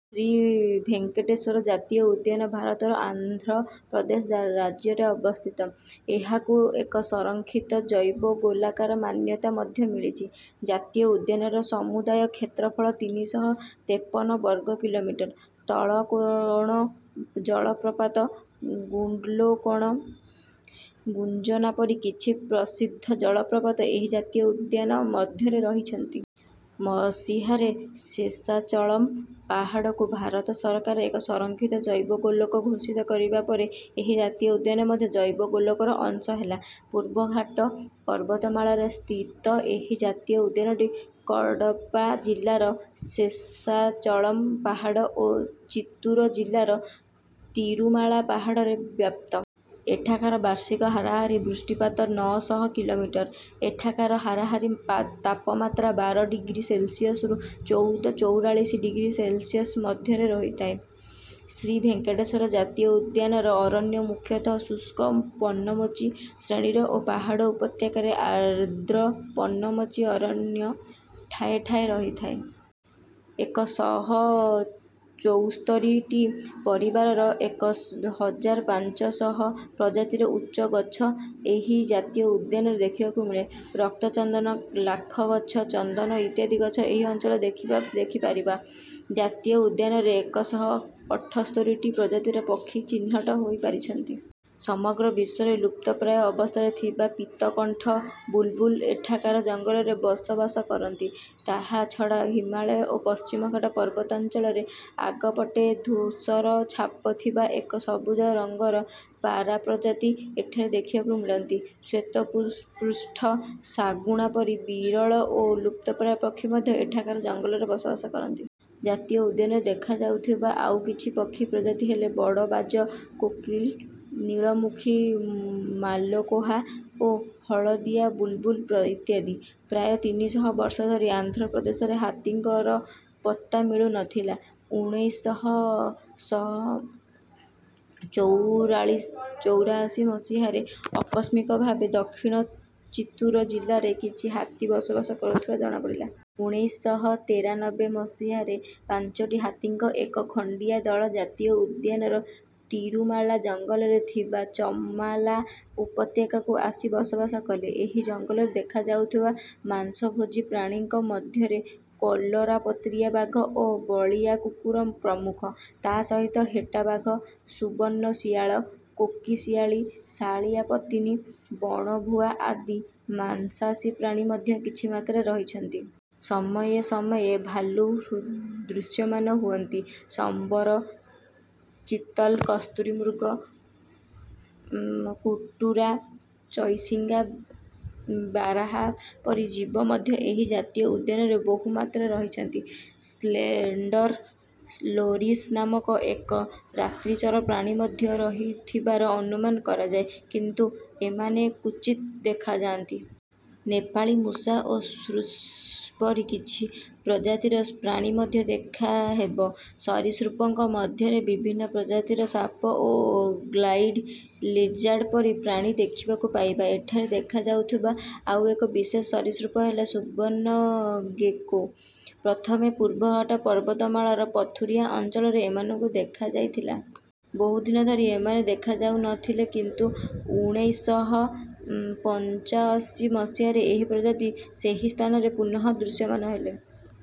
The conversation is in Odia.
ଶ୍ରୀ ଭେଙ୍କଟେଶ୍ୱର ଜାତୀୟ ଉଦ୍ୟାନ ଭାରତର ଆନ୍ଧ୍ର ପ୍ରଦେଶ ରାଜ୍ୟରେ ଅବସ୍ଥିତ। ଏହାକୁ ଏକ ସଂରକ୍ଷିତ ଜୈବଗୋଲାକର ମାନ୍ୟତା ମଧ୍ୟ ମିଳିଛି। ଜାତୀୟ ଉଦ୍ୟାନର ସମୁଦାୟ କ୍ଷେତ୍ରଫଳ ତିନି ଶହ ତେପନ ବର୍ଗ କିଲୋମିଟର। ତଳକୋଣ ଜଳପ୍ରପାତ, ଗୁଣ୍ଡଲକୋଣ, ଗୁଞ୍ଜନ ପରି କିଛି ପ୍ରସିଦ୍ଧ ଜଳପ୍ରପାତ ଏହି ଜାତୀୟ ଉଦ୍ୟାନ ମଧ୍ୟରେ ରହିଛନ୍ତି। ମସିହାରେ ଶେଷାଚଳମ୍ ପାହାଡ଼କୁ ଭାରତ ସରକାର ଏକ ସଂରକ୍ଷିତ ଜୈବଗୋଲକ ଘୋଷିତ କରିବା ପରେ ଏହି ଜାତୀୟ ଉଦ୍ୟାନ ମଧ୍ୟ ଜୈବଗୋଲକର ଅଂଶ ହେଲା। ପୂର୍ବଘାଟ ପର୍ବତମାଳାରେ ସ୍ଥିତ ଏହି ଜାତୀୟ ଉଦ୍ୟାନଟି କଡ଼ପ୍ପା ଜିଲ୍ଲାର ଶେଷାଚଳମ୍ ପାହାଡ଼ ଓ ଚିତ୍ତୁର ଜିଲ୍ଲାର ତିରୁମାଳା ପାହାଡ଼ରେ ବ୍ୟପ୍ତ। ଏଠାକାର ବାର୍ଷିକ ହାରାହାରି ବୃଷ୍ଟିପାତ ନଅ ଶହ କିଲୋମିଟର। ଏଠାକାର ହାରାହାରି ତାପମାତ୍ରା ବାର ଡିଗ୍ରୀ ସେଲ୍ସିୟସ୍‌ରୁ ଚଉଦ ଚଉରାଳିଶ ଡିଗ୍ରୀ ସେଲ୍ସିୟସ୍ ମଧ୍ୟରେ ରହିଥାଏ। ଶ୍ରୀ ଭେଙ୍କଟେଶ୍ୱର ଜାତୀୟ ଉଦ୍ୟାନର ଅରଣ୍ୟ ମୁଖ୍ୟତଃ ଶୁଷ୍କ ପର୍ଣ୍ଣମୋଚୀ ଶ୍ରେଣୀର ଓ ପାହାଡ଼ ଉପତ୍ୟକାରେ ଆର୍ଦ୍ର ପର୍ଣ୍ଣମୋଚୀ ଅରଣ୍ୟ ଠାଏ ଠାଏ ରହିଥାଏ। ଏକ ଶହ ଚଉସ୍ତରୀଟି ପରିବାରର ଏକ ହଜାର ପାଞ୍ଚ ଶହ ପ୍ରଜାତିର ଉଚ୍ଚ ଗଛ ଏହି ଜାତୀୟ ଉଦ୍ୟାନରେ ଦେଖିବାକୁ ମିଳେ। ରକ୍ତଚନ୍ଦନ, ଲାଖ ଗଛ, ଚନ୍ଦନ ଇତ୍ୟାଦି ଗଛ ଏହି ଅଞ୍ଚଳରେ ଦେଖିବା ଦେଖିପାରିବା। ଜାତୀୟ ଉଦ୍ୟାନରେ ଏକ ଶହ ଅଠସ୍ତରୀଟି ପ୍ରଜାତିର ପକ୍ଷୀ ଚିହ୍ନଟ ହୋଇପାରିଛନ୍ତି। ସମଗ୍ର ବିଶ୍ୱରେ ଲୁପ୍ତପ୍ରାୟ ଅବସ୍ଥାରେ ଥିବା ପୀତକଣ୍ଠ ବୁଲ୍‌ବୁଲ୍ ଏଠାକାର ଜଙ୍ଗଲରେ ବସବାସ କରନ୍ତି। ତାହା ଛଡ଼ା ହିମାଳୟ ଓ ପଶ୍ଚିମଘାଟ ପର୍ବତାଞ୍ଚଳରେ ଆଗପଟେ ଧୂସର ଛାପ ଥିବା ଏକ ସବୁଜ ରଙ୍ଗର ପାରା ପ୍ରଜାତି ଏଠାରେ ଦେଖିବାକୁ ମିଳନ୍ତି। ଶ୍ୱେତପୃଷ୍ଠ ଶାଗୁଣା ପରି ବିରଳ ଓ ଲୁପ୍ତପ୍ରାୟ ପକ୍ଷୀ ମଧ୍ୟ ଏଠାକାର ଜଙ୍ଗଲରେ ବସବାସ କରନ୍ତି। ଜାତୀୟ ଉଦ୍ୟାନରେ ଦେଖାଯାଉଥିବା ଆଉ କିଛି ପକ୍ଷୀ ପ୍ରଜାତି ହେଲେ ବଡ଼ ବାଜ-କୋକିଲ, ନୀଳମୁଖୀ ମାଲକୋହା ଓ ହଳଦିଆ ବୁଲ୍‌ବୁଲ୍ ଇତ୍ୟାଦି। ପ୍ରାୟ ତିନି ଶହ ବର୍ଷ ଧରି ଆନ୍ଧ୍ର ପ୍ରଦେଶରେ ହାତୀଙ୍କର ପତ୍ତା ମିଳୁ ନ ଥିଲା। ଉଣେଇଶ ଶହ ଶହ ଚଉରାଲିସ ଚଉରାଅଶୀ ମସିହାରେ ଅକସ୍ମିକ ଭାବେ ଦକ୍ଷିଣ ଚିତ୍ତୁର ଜିଲ୍ଲାରେ କିଛି ହାତୀ ବସବାସ କରୁଥିବା ଜଣାପଡ଼ିଲା। ଉଣେଇଶ ଶହ ତେରାନବେ ମସିହାରେ ପାଞ୍ଚଟି ହାତୀଙ୍କ ଏକ ଖଣ୍ଡିଆ ଦଳ ଜାତୀୟ ଉଦ୍ୟାନର ତିରୁମାଳା ଜଙ୍ଗଲରେ ଥିବା ଚମାଲା ଉପତ୍ୟକାକୁ ଆସି ବସବାସ କଲେ। ଏହି ଜଙ୍ଗଲରେ ଦେଖାଯାଉଥିବା ମାଂସଭୋଜୀ ପ୍ରାଣୀଙ୍କ ମଧ୍ୟରେ କଲରାପତରିଆ ବାଘ ଓ ବଳିଆ କୁକୁର ପ୍ରମୁଖ। ତା’ ସହିତ ହେଟା ବାଘ, ସୁବର୍ଣ୍ଣ ଶିଆଳ, କୋକିଶିଆଳୀ, ଶାଳିଆପତିନି, ବଣଭୁଆ ଆଦି ମାଂସାଶୀ ପ୍ରାଣୀ ମଧ୍ୟ କିଛି ମାତ୍ରାରେ ରହିଛନ୍ତି। ସମୟେ ସମୟେ ଭାଲୁ ଦୃଶ୍ୟମାନ ହୁଅନ୍ତି। ସମ୍ବର, ଚିତଲ୍, କସ୍ତୁରୀ ମୃଗ, ଉଂ କୁଟୁରା, ଚୌଶିଙ୍ଘା, ବାର୍‌ହା ପରି ଜୀବ ମଧ୍ୟ ଏହି ଜାତୀୟ ଉଦ୍ୟାନରେ ବହୁ ମାତ୍ରାରେ ରହିଛନ୍ତି। ସ୍ଲେଣ୍ଡର୍ ଲୋରିସ୍ ନାମକ ଏକ ରାତ୍ରିଚର ପ୍ରାଣୀ ମଧ୍ୟ ରହିଥିବାର ଅନୁମାନ କରାଯାଏ କିନ୍ତୁ ଏମାନେ କ୍ୱଚିତ୍ ଦେଖାଯାନ୍ତି। ନେପାଳୀ ମୂଷା ଓ ଶ୍ର୍ୟୁ ପରି କିଛି ପ୍ରଜାତିର ପ୍ରାଣୀ ମଧ୍ୟ ଦେଖାହେବ। ସରୀସୃପଙ୍କ ମଧ୍ୟରେ ବିଭିନ୍ନ ପ୍ରଜାତିର ସାପ ଓ ଗ୍ଲାଇଡ ଲିଜାର୍ଡ୍ ପରି ପ୍ରାଣୀ ଦେଖିବାକୁ ପାଇବା। ଏଠାରେ ଦେଖାଯାଉଥିବା ଆଉ ଏକ ବିଶେଷ ସରୀସୃପ ହେଲା ସୁବର୍ଣ୍ଣ ଗେକୋ। ପ୍ରଥମେ ପୂର୍ବଘାଟ ପର୍ବତମାଳାର ପଥୁରିଆ ଅଞ୍ଚଳରେ ଏମାନଙ୍କୁ ଦେଖାଯାଇଥିଲା। ବହୁ ଦିନ ଧରି ଏମାନେ ଦେଖାଯାଉ ନ ଥିଲେ କିନ୍ତୁ ଉଣେଇଶ ଶହ ପଞ୍ଚାଅଶୀ ମସିହାରେ ଏହି ପ୍ରଜାତି ସେହି ସ୍ଥାନରେ ପୁନଃ ଦୃଶ୍ୟମାନ ହେଲେ।